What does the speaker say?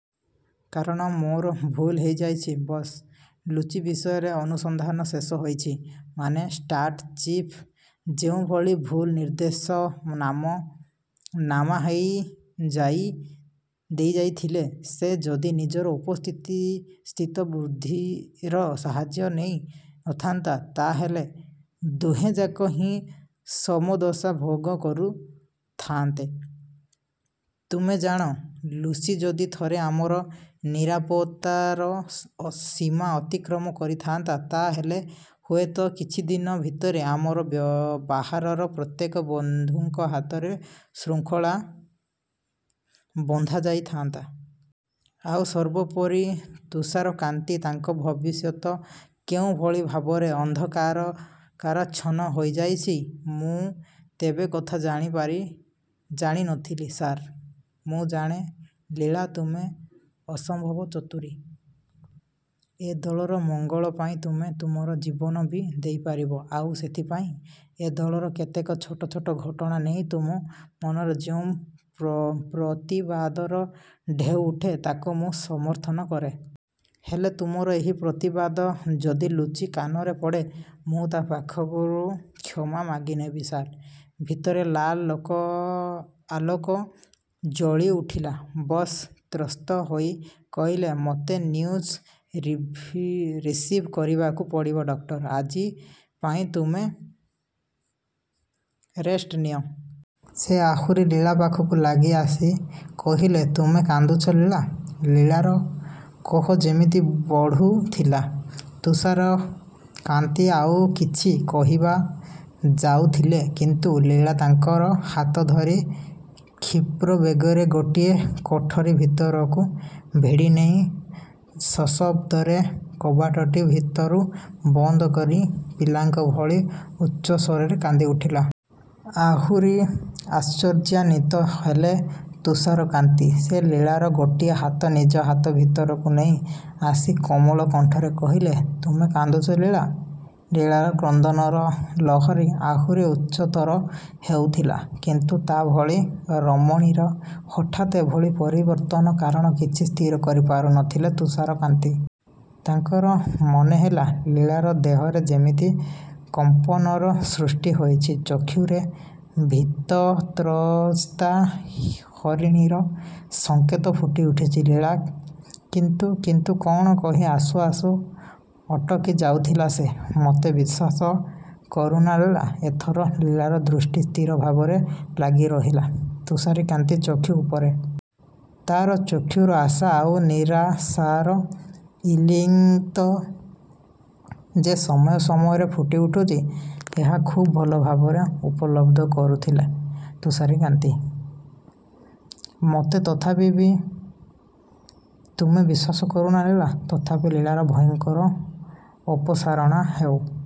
କାରଣ ମୋର ଭୁଲ୍ ହୋଇଯାଇଛି, ବସ୍। ଲୁଚି ବିଷୟରେ ଅନୁସନ୍ଧାନ ଶେଷ ହୋଇଛି। ମାନେ, ଫାଷ୍ଟ ଚିଫ୍ ଯେଉଁଭଳି ଭୁଲ୍ ନିର୍ଦ୍ଦେଶ ନାମ ନାମା ଦେଇଥିଲେ, ସେ ଯଦି ନିଜର ଉପସ୍ଥିତ ବୁଦ୍ଧିର ସାହାଯ୍ୟ ନେଇ ନଥାନ୍ତା, ତା ହେଲେ ଦୁହେଁଯାକ ହିଁ ସମଦଶା ଭୋଗ କରୁଥାଆନ୍ତେ। ତୁମେ ଜାଣ, ଲୁସି ଯଦି ଥରେ ଆମର ନିରାପତ୍ତାର ଅସି ସୀମା ଅତିକ୍ରମ କରିଯାଇଥାନ୍ତା, ତା ହେଲେ ହୁଏତ କିଛିଦିନ ଭିତରେ ଆମର ବାହାରର ପ୍ରତ୍ୟେକ ବନ୍ଧୁଙ୍କ ହାତରେ ଶୃଙ୍ଖଳ ବନ୍ଧାଯାଇଥାନ୍ତା। ଆଉ ସର୍ବୋପରି ତୁଷାରକାନ୍ତି, ତାଙ୍କର ଭବିଷ୍ୟତ କେଉଁଭଳି ଭାବରେ ଅନ୍ଧକରକାରାଚ୍ଛନ୍ନ ହୋଇଯାଇଥାନ୍ତା? ମୁଁ ଏତେ କଥା ଜାଣିନଥିଲି, ସାର୍। ମୁଁ ଜାଣେ ଲୀଳା, ତୁମେ ଅସମ୍ଭବ ଚତୁରୀ। ଏ ଦଳର ମଙ୍ଗଳ ପାଇଁ ତୁମେ ତୁମର ଜୀବନ ବି ଦେଇପାରିବ। ଆଉ ସେଇଥିପାଇଁ ଏ ଦଳର କେତେକ ଛୋଟ ଛୋଟ ଘଟଣା ନେଇ ତୁମ ମନରେ ଯେଉଁ ପ୍ର ପ୍ରତିବାଦର ଢେଉ ଉଠେ, ତାକୁ ମୁଁ ସମର୍ଥନ କରେ। ହେଲେ ତୁମର ଏହି ପ୍ରତିବାଦ ଯଦି ଲୁଚି କାନରେ ପଡ଼େ। ମୁଁ ତା ପାଖରୁ କ୍ଷମା ମାଗିନେବି, ସାର୍। ଭିତରେ ଲାଲ ଲୋକ ଆଲୋକ ଜଳିଉଠିଲା। ବସ୍ ତ୍ରସ୍ତ ହୋଇ କହିଲେ, ମୋତେ ନ୍ୟୁଜ୍ର ରିଭି ରିସିଭ୍ କରିବାକୁ ପଡ଼ିବ, ଡକ୍ଟର। ଆଜି ପାଇଁ ତୁମେ ରେଷ୍ଟ ନିଅ। ସେ ଆହୁରି ଲୀଳା ପାଖକୁ ଲାଗି ଆସି କହିଲେ, ତୁମେ କାନ୍ଦୁଛ, ଲୀଳା। ଲୀଳାର କୋହ ଯେମିତି ବଢ଼ୁଥିଲା। ତୁଷାରକାନ୍ତି ଆଉ କିଛି କହିବାକୁ ଯାଉଥିଲେ କିନ୍ତୁ ଲୀଳା ତାଙ୍କର ହାତ ଧରି କ୍ଷୀପ୍ର ବେଗରେ ଗୋଟିଏ କୋଠରି ଭିତରକୁ ଭିଡ଼ିନେଇ ସଶବ୍ଦରେ କବାଟଟି ଭିତରୁ ବନ୍ଦ କରି ପିଲାଙ୍କ ଭଳି ଉଚ୍ଚସ୍ୱରରେ କାନ୍ଦିଉଠିଲା। ଆହୁରି ଆଶ୍ଚର୍ଯ୍ୟାନ୍ୱିତ ହେଲେ ତୁଷାରକାନ୍ତି। ସେ ଲୀଳାର ଗୋଟିଏ ହାତ ନିଜ ହାତ ଭିତରକୁ ନେଇ ଆସି କୋମଳ କଣ୍ଠରେ କହିଲେ, ତୁମେ କାନ୍ଦୁଛ, ଲୀଳା। ଲୀଳାର କ୍ରନ୍ଦନର ଲହରୀ ଆହୁରି ଉଚ୍ଚତର ହେଉଥିଲା କିନ୍ତୁ ତା ଭଳି ରମଣୀର ହଠାତ୍ ଏଭଳି ପରିବର୍ତ୍ତନ କାରଣ କିଛି ସ୍ଥିର କରିପାରୁନଥିଲେ ତୁଷାରକାନ୍ତି। ତାଙ୍କର ମନେହେଲା, ଲୀଳାର ଦେହରେ ଯେମିତି କମ୍ପନର ସୃଷ୍ଟି ହୋଇଛି। ଚକ୍ଷୁରେ ଭୀତତ୍ରସ୍ତା ହରିଣୀର ସଂକେତ ଫୁଟିଉଠୁଛି। ଲୀଳା। କିନ୍ତୁ କିନ୍ତୁ କଣ କହି ଆସୁ ଆସୁ ଅଟକି ଯାଉଥିଲା ସେ। ମୋତେ ବିଶ୍ୱାସ କରୁନା ଲୀଳା। ଏଥର ଲୀଳାର ଦୃଷ୍ଟି ସ୍ଥିର ଭାବରେ ଲାଗିରହିଲା ତୁଷାରକାନ୍ତିଙ୍କ ଚକ୍ଷୁ ଉପରେ। ତାର ଚକ୍ଷୁର ଆଶା ଆଉ ନିରାଶାର ଇଙ୍ଗିତ ଯେ ସମୟ ସମୟରେ ଫୁଟିଉଠୁଛି, ଏହା ଖୁବ୍ ଭଲ ଭାବରେ ଉପଲବ୍ଧି କରୁଥିଲେ ତୁଷାରକାନ୍ତି। ମୋତେ ତଥାପି ବି ତୁମେ ବିଶ୍ୱାସ କରୁନା, ଲୀଳା। ତଥାପି ଲୀଳାର ଭୟରଙ୍କ ର ଅପସାରଣ ହେଉ